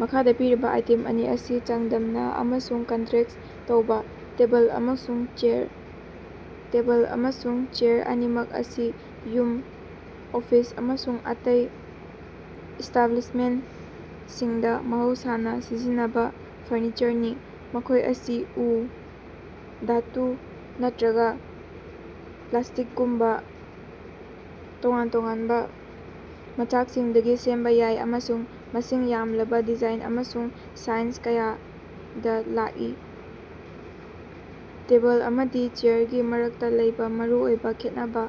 ꯃꯈꯥꯗ ꯄꯤꯔꯤꯕ ꯑꯥꯏꯇꯦꯝ ꯑꯅꯤ ꯑꯁꯤ ꯆꯥꯡꯗꯝꯅ ꯑꯃꯁꯨꯡ ꯀꯟꯇꯔꯦꯁ꯭ꯠ ꯇꯧꯕ꯫ ꯇꯦꯕꯜ ꯑꯃꯁꯨꯡ ꯆꯦꯌꯥꯔ꯫ ꯇꯦꯕꯜ ꯑꯃꯁꯨꯡ ꯆꯦꯌꯥꯔ ꯑꯅꯤꯃꯛ ꯑꯁꯤ ꯌꯨꯝ, ꯑꯣꯐꯤꯁ ꯑꯃꯁꯨꯡ ꯑꯇꯩ ꯏꯁ꯭ꯇꯥꯕ꯭ꯂꯤꯁꯃꯦꯟꯁꯤꯡꯗ ꯃꯍꯧꯁꯥꯅ ꯁꯤꯖꯤꯟꯅꯕ ꯐꯔꯅꯤꯆꯔꯅꯤ꯫ ꯃꯈꯣꯏ ꯑꯁꯤ ꯎ, ꯙꯥꯇꯨ, ꯅꯠꯇ꯭ꯔꯒ ꯄ꯭ꯂꯥꯁꯇꯤꯛꯒꯨꯝꯕ ꯇꯣꯉꯥꯟ ꯇꯣꯉꯥꯟꯕ ꯃꯆꯥꯛꯁꯤꯡꯗꯒꯤ ꯁꯦꯝꯕ ꯌꯥꯏ ꯑꯃꯁꯨꯡ ꯃꯁꯤꯡ ꯌꯥꯝꯂꯕ ꯗꯤꯖꯥꯏꯟ ꯑꯃꯁꯨꯡ ꯁꯥꯏꯖ ꯀꯌꯥꯗ ꯂꯥꯛꯏ꯫ ꯇꯦꯕꯜ ꯑꯃꯗꯤ ꯆꯦꯌꯥꯔꯒꯤ ꯃꯔꯛꯇ ꯂꯩꯕ ꯃꯔꯨꯑꯣꯏꯕ ꯈꯦꯠꯅꯕ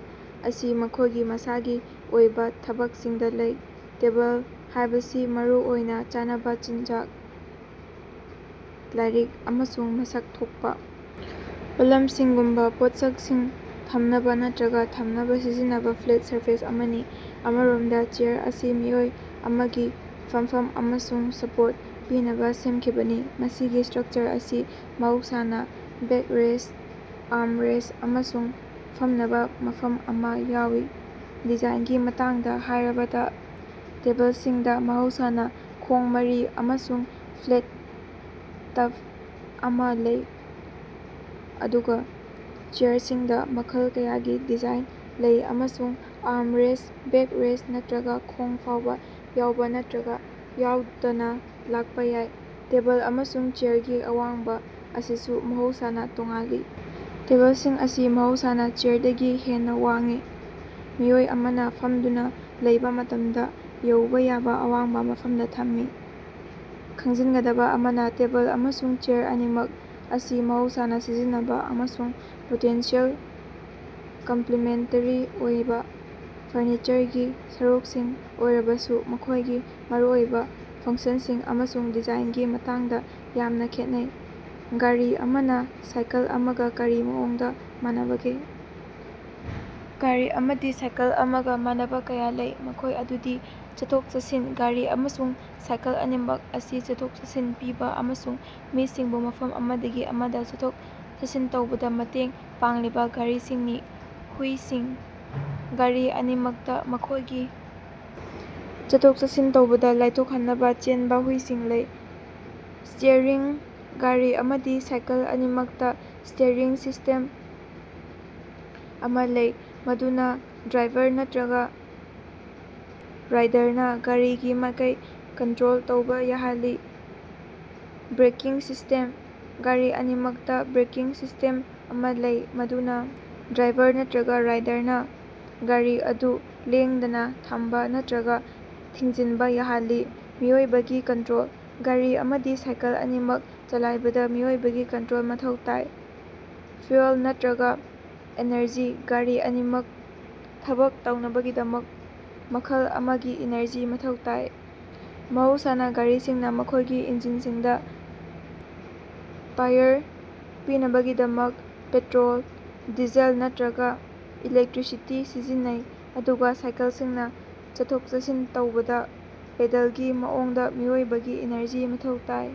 ꯑꯁꯤ ꯃꯈꯣꯏꯒꯤ ꯃꯁꯥꯒꯤ ꯑꯣꯏꯕ ꯊꯕꯛꯁꯤꯡꯗ ꯂꯩ꯫ ꯇꯦꯕꯜ ꯍꯥꯏꯕꯁꯤ ꯃꯔꯨꯑꯣꯏꯅ ꯆꯥꯅꯕ ꯆꯤꯟꯖꯥꯛ, ꯂꯥꯏꯔꯤꯛ, ꯑꯃꯁꯨꯡ ꯃꯁꯛ ꯊꯣꯛꯄ ꯄꯣꯠꯂꯝꯁꯤꯡꯒꯨꯝꯕ ꯄꯣꯠꯁꯛꯁꯤꯡ ꯊꯝꯅꯕ ꯅꯠꯇꯔꯒ ꯊꯝꯅꯕ ꯁꯤꯖꯤꯟꯅꯕ ꯐ꯭ꯂꯦꯠ ꯁꯔꯐꯦꯁ ꯑꯃꯅꯤ꯫ ꯑꯃꯔꯣꯝꯗ, ꯆꯦꯌꯥꯔ ꯑꯁꯤ ꯃꯤꯑꯣꯏ ꯑꯃꯒꯤ ꯐꯝꯐꯝ ꯑꯃꯁꯨꯡ ꯁꯄꯣꯔꯠ ꯄꯤꯅꯕ ꯁꯦꯝꯈꯤꯕꯅꯤ, ꯃꯁꯤꯒꯤ ꯁ꯭ꯇꯔꯛꯆꯔ ꯑꯁꯤ ꯃꯍꯧꯁꯥꯅ ꯕꯦꯛꯔꯦꯁ꯭ꯠ, ꯑꯥꯔ꯭ꯝꯔꯦꯁ꯭ꯠ ꯑꯃꯁꯨꯡ ꯐꯝꯅꯕ ꯃꯐꯝ ꯑꯃ ꯌꯥꯎꯏ꯫ ꯗꯤꯖꯥꯏꯟꯒꯤ ꯃꯇꯥꯡꯗ ꯍꯥꯏꯔꯕꯗ, ꯇꯦꯕꯜꯁꯤꯡꯗ ꯃꯍꯧꯁꯥꯅ ꯈꯣꯡ ꯃꯔꯤ ꯑꯃꯁꯨꯡ ꯐ꯭ꯂꯦꯠ ꯇꯞ ꯑꯃꯥ ꯂꯩ, ꯑꯗꯨꯒ ꯆꯦꯌꯥꯔꯁꯤꯡꯗ ꯃꯈꯜ ꯀꯌꯥꯒꯤ ꯗꯤꯖꯥꯏꯟ ꯂꯩ ꯑꯃꯁꯨꯡ ꯑꯥꯔ꯭ꯝꯔꯦꯁ꯭ꯠ, ꯕꯦꯛꯔꯦꯁ꯭ꯠ ꯅꯠꯇ꯭ꯔꯒ ꯈꯣꯡ ꯐꯥꯎꯕ ꯌꯥꯎꯕ ꯅꯠꯇ꯭ꯔꯒ ꯌꯥꯎꯗꯅ ꯂꯥꯛꯄ ꯌꯥꯏ꯫ ꯇꯦꯕꯜ ꯑꯃꯁꯨꯡ ꯆꯦꯌꯥꯔꯒꯤ ꯑꯋꯥꯡꯕ ꯑꯁꯤꯁꯨ ꯃꯍꯧꯁꯥꯅ ꯇꯣꯉꯥꯜꯂꯤ; ꯇꯦꯕꯜꯁꯤꯡ ꯑꯁꯤ ꯃꯍꯧꯁꯥꯅ ꯆꯦꯌꯥꯔꯗꯒꯤ ꯍꯦꯟꯅ ꯋꯥꯡꯏ, ꯃꯤꯑꯣꯏ ꯑꯃꯅ ꯐꯝꯗꯨꯅ ꯂꯩꯕꯥ ꯃꯇꯝꯗ ꯌꯧꯕ ꯌꯥꯕ ꯑꯋꯥꯡꯕ ꯃꯐꯝꯗ ꯊꯝꯃꯤ꯫ ꯈꯪꯖꯤꯟꯒꯗꯕ ꯑꯃꯅ, ꯇꯦꯕꯜ ꯑꯃꯁꯨꯡ ꯆꯦꯌꯥꯔ ꯑꯅꯤꯃꯛ ꯑꯁꯤ ꯃꯍꯧꯁꯥꯅ ꯁꯤꯖꯤꯟꯅꯕ ꯑꯃꯁꯨꯡ ꯄꯣꯇꯦꯟꯁꯤꯑꯦꯜ ꯀꯝꯄꯂꯤꯃꯦꯟꯇꯦꯔꯤ ꯑꯣꯏꯕ ꯐꯔꯅꯤꯆꯔꯒꯤ ꯁꯔꯨꯛꯁꯤꯡ ꯑꯣꯏꯔꯕꯁꯨ, ꯃꯈꯣꯏꯒꯤ ꯃꯔꯨꯑꯣꯏꯕ ꯐꯪꯁꯟꯁꯤꯡ ꯑꯃꯁꯨꯡ ꯗꯤꯖꯥꯏꯟꯒꯤ ꯃꯇꯥꯡꯗ ꯌꯥꯝꯅ ꯈꯦꯠꯅꯩ꯫ ꯒꯥꯔꯤ ꯑꯃꯅ ꯁꯥꯏꯀꯜ ꯑꯃꯒ ꯀꯔꯤ ꯃꯑꯣꯡꯗ ꯃꯥꯟꯅꯕꯒꯦ? ꯒꯥꯔꯤ ꯑꯃꯗꯤ ꯁꯥꯏꯀꯜ ꯑꯃꯒ ꯃꯥꯟꯅꯕ ꯀꯌꯥ ꯂꯩ, ꯃꯈꯣꯏ ꯑꯗꯨꯗꯤ: ꯆꯠꯊꯣꯛ-ꯆꯠꯁꯤꯟ: ꯒꯥꯔꯤ ꯑꯃꯁꯨꯡ ꯁꯥꯏꯀꯜ ꯑꯅꯤꯃꯛ ꯑꯁꯤ ꯆꯠꯊꯣꯛ ꯆꯠꯁꯤꯟ ꯄꯤꯕ ꯑꯃꯁꯨꯡ ꯃꯤꯁꯤꯡꯕꯨ ꯃꯐꯝ ꯑꯃꯗꯒꯤ ꯑꯃꯗ ꯆꯠꯊꯣꯛ ꯆꯠꯁꯤꯟ ꯇꯧꯕꯗ ꯃꯇꯦꯡ ꯄꯥꯡꯂꯤꯕ ꯒꯥꯔꯤꯁꯤꯡꯅꯤ꯫ ꯍꯨꯏꯁꯤꯡ: ꯒꯥꯔꯤ ꯑꯅꯤꯃꯛꯇ ꯃꯈꯣꯏꯒꯤ ꯆꯠꯊꯣꯛ-ꯆꯠꯁꯤꯟ ꯇꯧꯕꯗ ꯂꯥꯏꯊꯣꯛꯍꯟꯅꯕ ꯆꯦꯟꯕ ꯍꯨꯏꯁꯤꯡ ꯂꯩ꯫ ꯁ꯭ꯇꯤꯌꯔꯤꯡ: ꯒꯥꯔꯤ ꯑꯃꯗꯤ ꯁꯥꯏꯀꯜ ꯑꯅꯤꯃꯛꯇ ꯁ꯭ꯇꯤꯌꯔꯤꯡ ꯁꯤꯁ꯭ꯇꯦꯝ ꯑꯃꯥ ꯂꯩ, ꯃꯗꯨꯅ ꯗ꯭ꯔꯥꯏꯚꯔ ꯅꯠꯇꯔꯒ ꯔꯥꯏꯗꯔꯅ ꯒꯥꯔꯤꯒꯤ ꯃꯥꯏꯀꯩ ꯀꯟꯇꯔꯣꯜ ꯇꯧꯕ ꯌꯥꯍꯜꯂꯤ꯫ ꯕ꯭ꯔꯦꯀꯤꯡ ꯁꯤꯁ꯭ꯇꯦꯝ: ꯒꯥꯔꯤ ꯑꯅꯤꯃꯛꯇ ꯕ꯭ꯔꯦꯀꯤꯡ ꯁꯤꯁ꯭ꯇꯦꯝ ꯑꯃꯥ ꯂꯩ, ꯃꯗꯨꯅ ꯗ꯭ꯔꯥꯏꯚꯔ ꯅꯠꯇꯔꯒ ꯔꯥꯏꯗꯔꯅ ꯒꯥꯔꯤ ꯑꯗꯨ ꯂꯦꯡꯗꯅ ꯊꯝꯕ ꯅꯠꯇꯔꯒ ꯊꯤꯡꯖꯤꯟꯕ ꯌꯥꯍꯜꯂꯤ꯫ ꯃꯤꯑꯣꯏꯕꯒꯤ ꯀꯟꯇ꯭ꯔꯣꯜ: ꯒꯥꯔꯤ ꯑꯃꯗꯤ ꯁꯥꯏꯀꯜ ꯑꯅꯤꯃꯛ ꯆꯂꯥꯏꯕꯗ ꯃꯤꯑꯣꯏꯕꯒꯤ ꯀꯟꯇꯔꯣꯜ ꯃꯊꯧ ꯇꯥꯏ꯫ ꯐ꯭ꯌꯨꯑꯦꯜ ꯅꯠꯇꯔꯒ ꯑꯦꯅꯔꯖꯤ: ꯒꯥꯔꯤ ꯑꯅꯤꯃꯛ ꯊꯕꯛ ꯇꯧꯅꯕꯒꯤꯗꯃꯛ ꯃꯈꯜ ꯑꯃꯒꯤ ꯏꯅꯔꯖꯤ ꯃꯊꯧ ꯇꯥꯏ꯫ ꯃꯍꯧꯁꯥꯅ ꯒꯥꯔꯤꯁꯤꯡꯅ ꯃꯈꯣꯏꯒꯤ ꯏꯟꯖꯤꯟꯁꯤꯡꯗ ꯄꯥꯋꯔ ꯄꯤꯅꯕꯒꯤꯗꯃꯛ ꯄꯦꯇꯔꯣꯜ, ꯗꯤꯖꯦꯜ ꯅꯠꯇꯔꯒ ꯏꯂꯦꯛꯇ꯭ꯔꯤꯁꯤꯇꯤ ꯁꯤꯖꯤꯟꯅꯩ, ꯑꯗꯨꯒ ꯁꯥꯏꯀꯜꯁꯤꯡꯅ ꯆꯠꯊꯣꯛ-ꯆꯠꯁꯤꯟ ꯇꯧꯕꯗ ꯄꯦꯗꯜꯒꯤ ꯃꯑꯣꯡꯗ ꯃꯤꯑꯣꯏꯕꯒꯤ ꯏꯅꯔꯖꯤ ꯃꯊꯧ ꯇꯥꯏ꯫